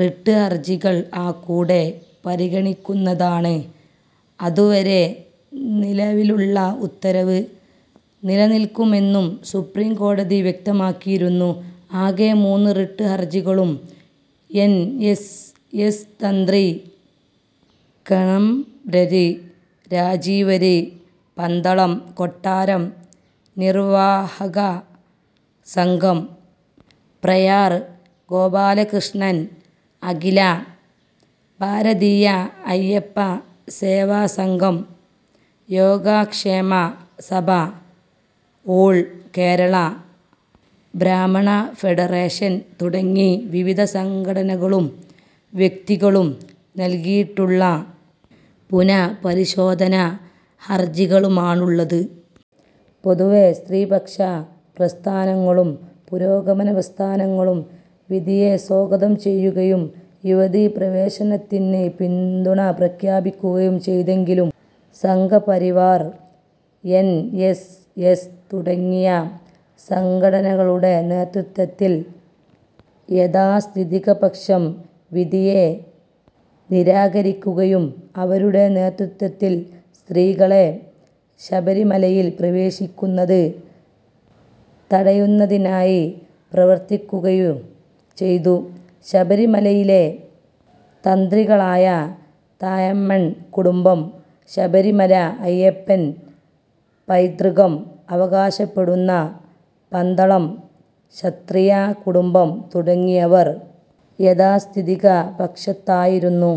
Writ ഹർജികൾ അക്കൂടെ പരിഗണിക്കുന്നതാണ്. അതുവരെ നിലവിലുള്ള ഉത്തരവ് നിലനിൽക്കുമെന്നും സുപ്രീം കോടതി വ്യക്തമാക്കിയിരുന്നു. ആകെ മൂന്ന് റിട്ട് ഹർജികളും എൻ. എസ്. എസ്, തന്ത്രി കണ്ഠരര് രാജീവര്, പന്തളം കൊട്ടാരം നിർവാഹക സംഘം, പ്രയാർ ഗോപാലകൃഷ്ണൻ, അഖില ഭാരതീയ അയ്യപ്പ സേവാ സംഘം, യോഗക്ഷേമ സഭ, ഓൾ കേരള ബ്രാഹ്മണ ഫെഡറേഷൻ തുടങ്ങി വിവിധ സംഘടനകളും വ്യക്തികളും നൽകിയിട്ടുള്ള പുനഃപരിശോധനാ ഹർജികളുമാണുള്ളത്. പൊതുവേ സ്ത്രീപക്ഷ പ്രസ്ഥാനങ്ങളും പുരോഗമനപ്രസ്ഥാനങ്ങളും വിധിയെ സ്വാഗതം ചെയ്യുകയും യുവതീപ്രവേശനത്തിന് പിന്തുണപ്രഖ്യാപിക്കുകയും ചെയ്തെങ്കിലും; സംഘപരിവാർ, എൻ. എസ്. എസ്. തുടങ്ങിയ സംഘടനകളുടെ നേതൃത്വത്തിൽ യാഥാസ്ഥിതികപക്ഷം വിധിയെ നിരാകരിക്കുകയും അവരുടെ നേതൃത്വത്തിൽ സ്ത്രീകളെ ശബരിമലയിൽ പ്രവേശിക്കുന്നത് തടയുന്നതിനായി പ്രവർത്തിക്കുകയും ചെയ്തു. ശബരിമലയിലെ തന്ത്രികളായ താഴമൺ കുടുംബം, ശബരിമല അയ്യപ്പന്റെ പൈതൃകം അവകാശപ്പെടുന്ന പന്തളം ക്ഷത്രിയ കുടുംബം തുടങ്ങിയവർ യാഥാസ്ഥിതിക പക്ഷത്തായിരുന്നു.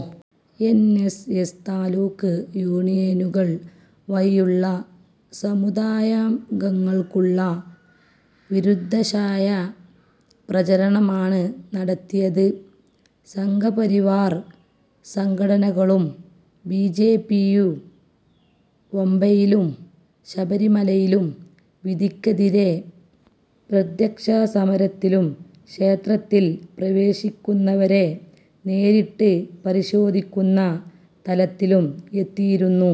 എൻ. എസ്. എസ്., താലൂക്ക് യൂണിയനുകൾ വഴിയുള്ള സമുദായാംഗങ്ങൾക്കുള്ള വിരുദ്ധാശയ പ്രചരണമാണ് നടത്തിയത്. സംഘപരിവാർ സംഘടനകളും ബി. ജെ. പി. യും പമ്പയിലും ശബരിമലയിലും വിധിക്കെതിരെ പ്രത്യക്ഷസമരത്തിലും, ക്ഷേത്രത്തിൽ പ്രവേശിക്കുന്നവരെ നേരിട്ട് പരിശോധിക്കുന്ന തലത്തിലും എത്തിയിരുന്നു.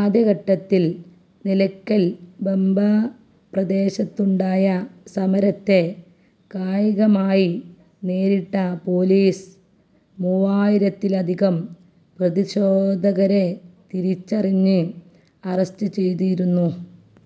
ആദ്യഘട്ടത്തിൽ നിലയ്ക്കൽ-പമ്പ പ്രദേശത്തുണ്ടായ സമരത്തെ കായികമായി നേരിട്ട പോലീസ് മൂവായിരത്തിലധികം പ്രതിഷേധക്കാരെ തിരിച്ചറിഞ്ഞ് അറസ്റ്റ് ചെയ്തിരുന്നു.